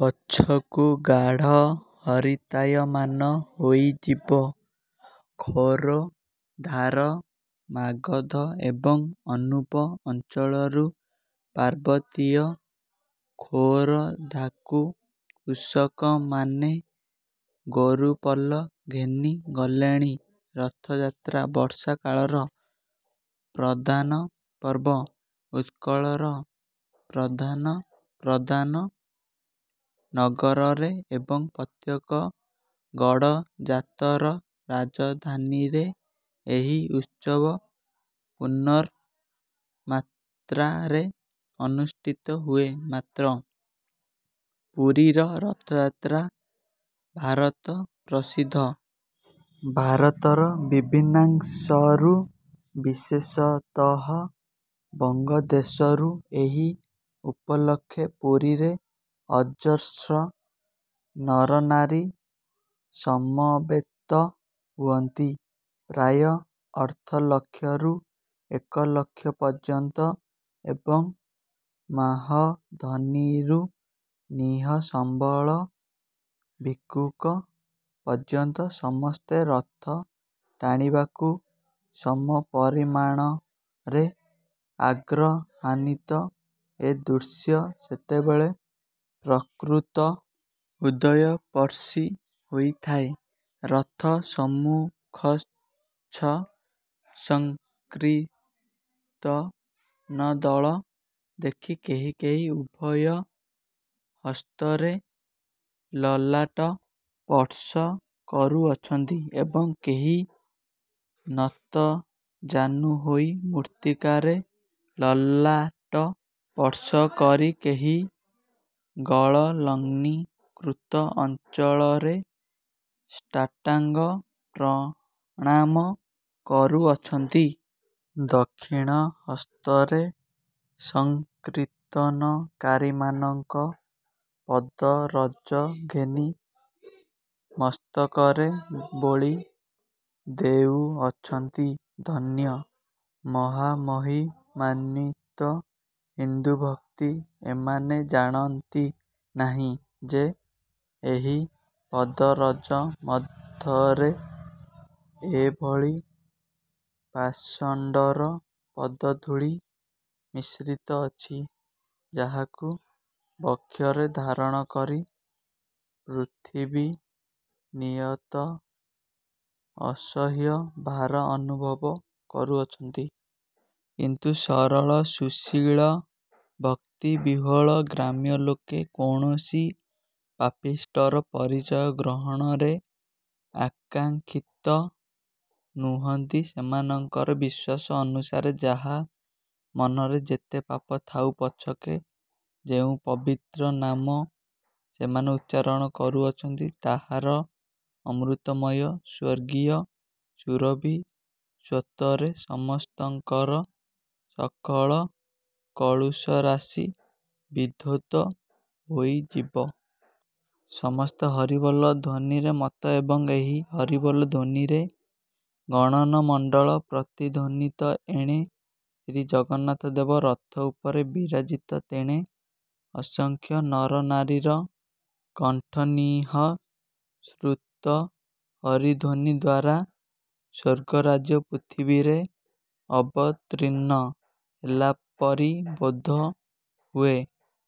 ପଛକୁ ଗାଢ଼ ହରିତାୟମାନ ହୋଇଯିବ। ଖୋରଧାର ମାଗଧ ଏବଂ ଅନୂପ ଅଞ୍ଚଳରୁ ପାର୍ବତୀୟ ଖୋରଧାକୁ କୃଷକମାନେ ଗୋରୁପଲ ଘେନି ଗଲେଣି। ରଥଯାତ୍ରା ବର୍ଷାକାଳର ପ୍ରଧାନ ପର୍ବ। ଉତ୍କଳର ପ୍ରଧାନ ପ୍ରଧାନ ନଗରରେ ଏବଂ ପ୍ରତ୍ୟେକ ଗଡ଼ଜାତର ରାଜଧାନୀରେ ଏହି ଉତ୍ସବ ପୂର୍ଣ୍ଣମାତ୍ରାରେ ଅନୁଷ୍ଠିତ ହୁଏ, ମାତ୍ର ପୁରୀର ରଥଯାତ୍ରା ଭାରତପ୍ରସିଦ୍ଧ। ଭାରତର ବିଭିନ୍ନାଂଶରୁ ବିଶେଷତଃ ବଙ୍ଗଦେଶରୁ ଏହି ଉପଲକ୍ଷେ ପୁରୀରେ ଅଜସ୍ର ନରନାରୀ ସମବେତ ହୁଅନ୍ତି। ପ୍ରାୟ ଅର୍ଦ୍ଧଲକ୍ଷରୁ ଏକ ଲକ୍ଷ ପର୍ଯ୍ୟନ୍ତ ଏବଂ ମାହଧନିରୁ ନିଃସମ୍ବଳ ଭିକ୍ଷୁକ ପର୍ଯ୍ୟନ୍ତ ସମସ୍ତେ ରଥ ଟାଣିବାକୁ ସମପରିମାଣରେ ଆଗ୍ରହାନ୍ୱିତ। ଏ ଦୃଶ୍ୟ ସେତେବେଳେ ପ୍ରକୃତ ହୃଦୟସ୍ପର୍ଶୀ ହୋଇଥାଏ। ରଥ ସମ୍ମୁଖସ୍ଥ ସଂକୀର୍ତ୍ତନଦଳ ଦେଖି କେହି କେହି ଉଭୟ ହସ୍ତରେ ଲଲାଟ ସ୍ପର୍ଶ କରୁଅଛନ୍ତି ଏବଂ କେହି ନତଜାନୁ ହୋଇ ମୃତ୍ତିକାରେ ଲଲାଟ ସ୍ପର୍ଶ କରି, କେହି ଗଳଲଗ୍ନୀକୃତ ଅଞ୍ଚଳରେ ସାଷ୍ଟାଙ୍ଗ ପ୍ରଣାମ କରୁଅଛନ୍ତି। ଦକ୍ଷିଣ ହସ୍ତରେ ସଂକୀର୍ତ୍ତନକାରିମାନଙ୍କ ପଦରଜ ଘେନି ମସ୍ତକରେ ବୋଳି ଦେଉଅଛନ୍ତି। ଧନ୍ୟ ମହାମହିମାନ୍ୱିତ ହିନ୍ଦୁଭକ୍ତି! ଏମାନେ ଜାଣନ୍ତି ନାହିଁ ଯେ ଏହି ପଦରଜ ମଧ୍ୟରେ ଏଭଳି ପାଷଣ୍ଡର ପଦଧୂଳି ମିଶ୍ରିତ ଅଛି, ଯାହାକୁ ବକ୍ଷରେ ଧାରଣ କରି ପୃଥିବୀ ନିୟତ ଅସହ୍ୟ ଭାର ଅନୁଭବ କରୁଅଛନ୍ତି। କିନ୍ତୁ ସରଳ, ସୁଶୀଳ, ଭକ୍ତିବିହ୍ୱଳ ଗ୍ରାମ୍ୟ ଲୋକେ କୌଣସି ପାପିଷ୍ଠର ପରିଚୟ ଗ୍ରହଣରେ ଆକାଙ୍କ୍ଷିତ ନୁହନ୍ତି ସେମାନଙ୍କର ବିଶ୍ୱାସ ଅନୁସାରେ ଯାହା ମନରେ ଯେତେ ପାପ ଥାଉ ପଛକେ ଯେଉଁ ପବିତ୍ର ନାମ ସେମାନେ ଉଚ୍ଚାରଣ କରୁଅଛନ୍ତି, ତାହାର ଅମୃତମୟ ସ୍ୱର୍ଗୀୟ ସୁରଭି ସ୍ରୋତରେ ସମସ୍ତଙ୍କର ସକଳ କଳୁଷରାଶି ବିଧୌତ ହୋଇଯିବ। ସମସ୍ତେ ହରିବୋଲ' ଧ୍ୱନିରେ ମତ୍ତ ଏବଂ ଏହି ହରିବୋଲ ଧ୍ୱନିରେ ଗଗନମଣ୍ଡଳ ପ୍ରତିଧ୍ୱନିତ। ଏଣେ ଶ୍ରୀଜଗନ୍ନାଥଦେବ ରଥ ଉପରେ ବିରାଜିତ ତେଣେ ଅସଂଖ୍ୟ ନରନାରୀର କଣ୍ଠନିଃସୃତ ହରିଧ୍ୱନିଦ୍ୱାରା ସ୍ୱର୍ଗରାଜ୍ୟ ପୃଥିବୀରେ ଅବତୀର୍ଣ୍ଣ ହେଲା ପରି ବୋଧ ହୁଏ।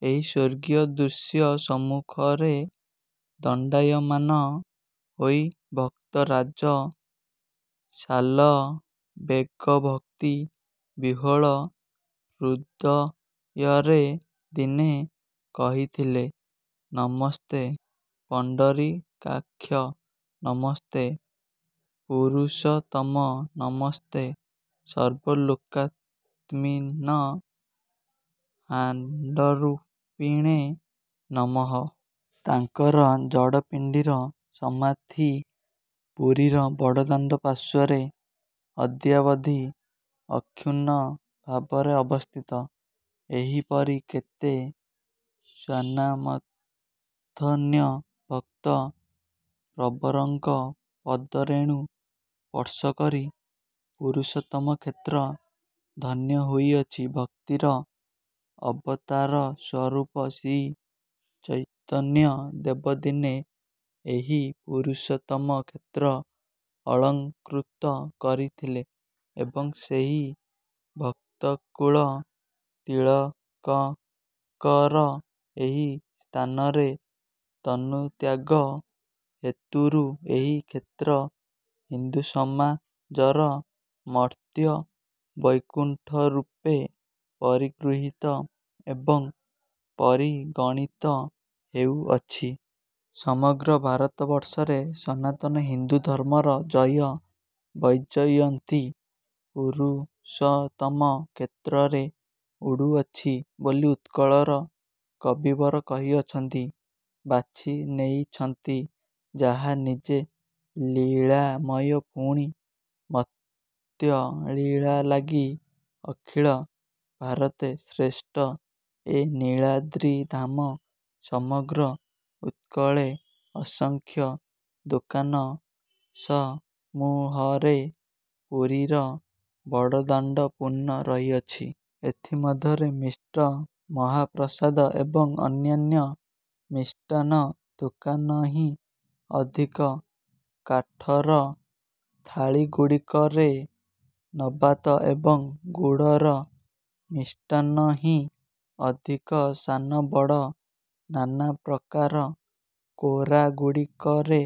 ଏହି ସ୍ୱର୍ଗୀୟ ଦୃଶ୍ୟ ସମ୍ମୁଖରେ ଦଣ୍ଡାୟମାନ ହୋଇ ଭକ୍ତରାଜ ଶାଲବେଗ ଭକ୍ତି ବିହ୍ୱଳ ହୃଦୟରେ ଦିନେ କହିଥିଲେ ନମସ୍ତେ ପୁଣ୍ଡରୀକାକ୍ଷ, ନମସ୍ତେ ପୁରୁଷୋତ୍ତମ ନମସ୍ତେ ସର୍ବଲୋକାତ୍ମନ୍ବ୍ର ହ୍ମାଣ୍ଡରୂପିଣେ ନମଃ। ତାଙ୍କର ଜଡ଼ପିଣ୍ଡର ସମାଧି ପୁରୀର ବଡ଼ଦାଣ୍ଡ ପାର୍ଶ୍ୱରେ ଅଦ୍ୟାବଧି ଅକ୍ଷୁର୍ଣ୍ଣଭାବରେ ଅବସ୍ଥିତ। ଏହିପରି କେତେ ସ୍ୱନାମଧନ୍ୟ ଭକ୍ତପ୍ରବରଙ୍କ ପଦରେଣୁ ସ୍ପର୍ଶ କରି ପୁରୁଷୋତ୍ତମ କ୍ଷେତ୍ର ଧନ୍ୟ ହୋଇଅଛି। ଭକ୍ତିର ଅବତାରସ୍ୱରୂପ ଶ୍ରୀଚୈତନ୍ୟ ଦେବ ଦିନେ ଏହି ପୁରୁଷୋତ୍ତମ କ୍ଷେତ୍ର ଅଳଂକୃତ କରିଥିଲେ ଏବଂ ସେହି ଭକ୍ତକୁଳ ତିଳକଙ୍କର ଏହି ସ୍ଥାନରେ ତନୁତ୍ୟାଗ ହେତୁରୁ ଏହି କ୍ଷେତ୍ର ହିନ୍ଦୁସମାଜର ମର୍ତ୍ତ୍ୟ ବୈକୁଣ୍ଠରୂପେ ପରିଗୃହୀତ ଏବଂ ପରିଗଣିତ ହେଉଅଛି। ସମଗ୍ର ଭାରତବର୍ଷରେ ସନାତନ ହିନ୍ଦୁଧର୍ମର ଜୟବୈଜୟନ୍ତୀ ପୁରୁଷୋତ୍ତମ କ୍ଷେତ୍ରରେ ଉଡ଼ୁଅଛି ବୋଲି ଉତ୍କଳର କବିବର କହିଅଛନ୍ତି ବାଛି ନେଇଛନ୍ତି ଯାହା ନିଜେ ଲୀଳାମୟ ପୁଣି ମର୍ତ୍ତ୍ୟଲୀଳା ଲାଗି ଅଖିଳ ଭାରତେ ଶ୍ରେଷ୍ଠ ଏ ନୀଳାଦ୍ରିଧାମ ସମଗ୍ର ଉତ୍କଳେ। ଅସଂଖ୍ୟ ଦୋକାନସମୂହରେ ପୁରୀର ବଡ଼ଦାଣ୍ଡ' ପୂର୍ଣ୍ଣ ରହିଅଛି। ଏଥି ମଧ୍ୟରେ ମିଷ୍ଟ ମହାପ୍ରସାଦ ଏବଂ ଅନ୍ୟାନ୍ୟ ମିଷ୍ଟାନ୍ନ ଦୋକାନହିଁ ଅଧିକ। କାଠର ଥାଳିଗୁଡ଼ିକରେ ନବାତ ଏବଂ ଗୁଡ଼ର ମିଷ୍ଟାନ୍ନହିଁ ଅଧିକ, ସାନ ବଡ଼ ନାନାପ୍ରକାର କୋରା ଗୁଡ଼ିକରେ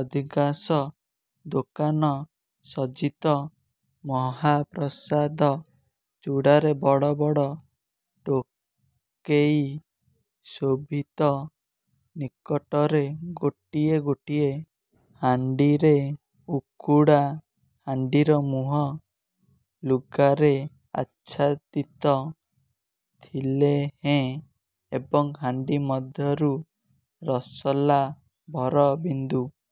ଅଧିକାଂଶ ଦୋକାନ ସଜ୍ଜିତ। ମହାପ୍ରସାଦ ଚୂଡ଼ାରେ ବଡ଼ ବଡ଼ ଟୋକେଇ ଶୋଭିତ ନିକଟରେ ଗୋଟିଏ ଗୋଟିଏ ହାଣ୍ଡିରେ ଉଖୁଡ଼ା ହାଣ୍ଡିର ମୁହଁ ଲୁଗାରେ ଆଚ୍ଛାଦିତ ଥିଲେହେଁ ଏବଂ ହାଣ୍ଡି ମଧ୍ୟରୁ ରସଲାଭର ବିନ୍ଦୁ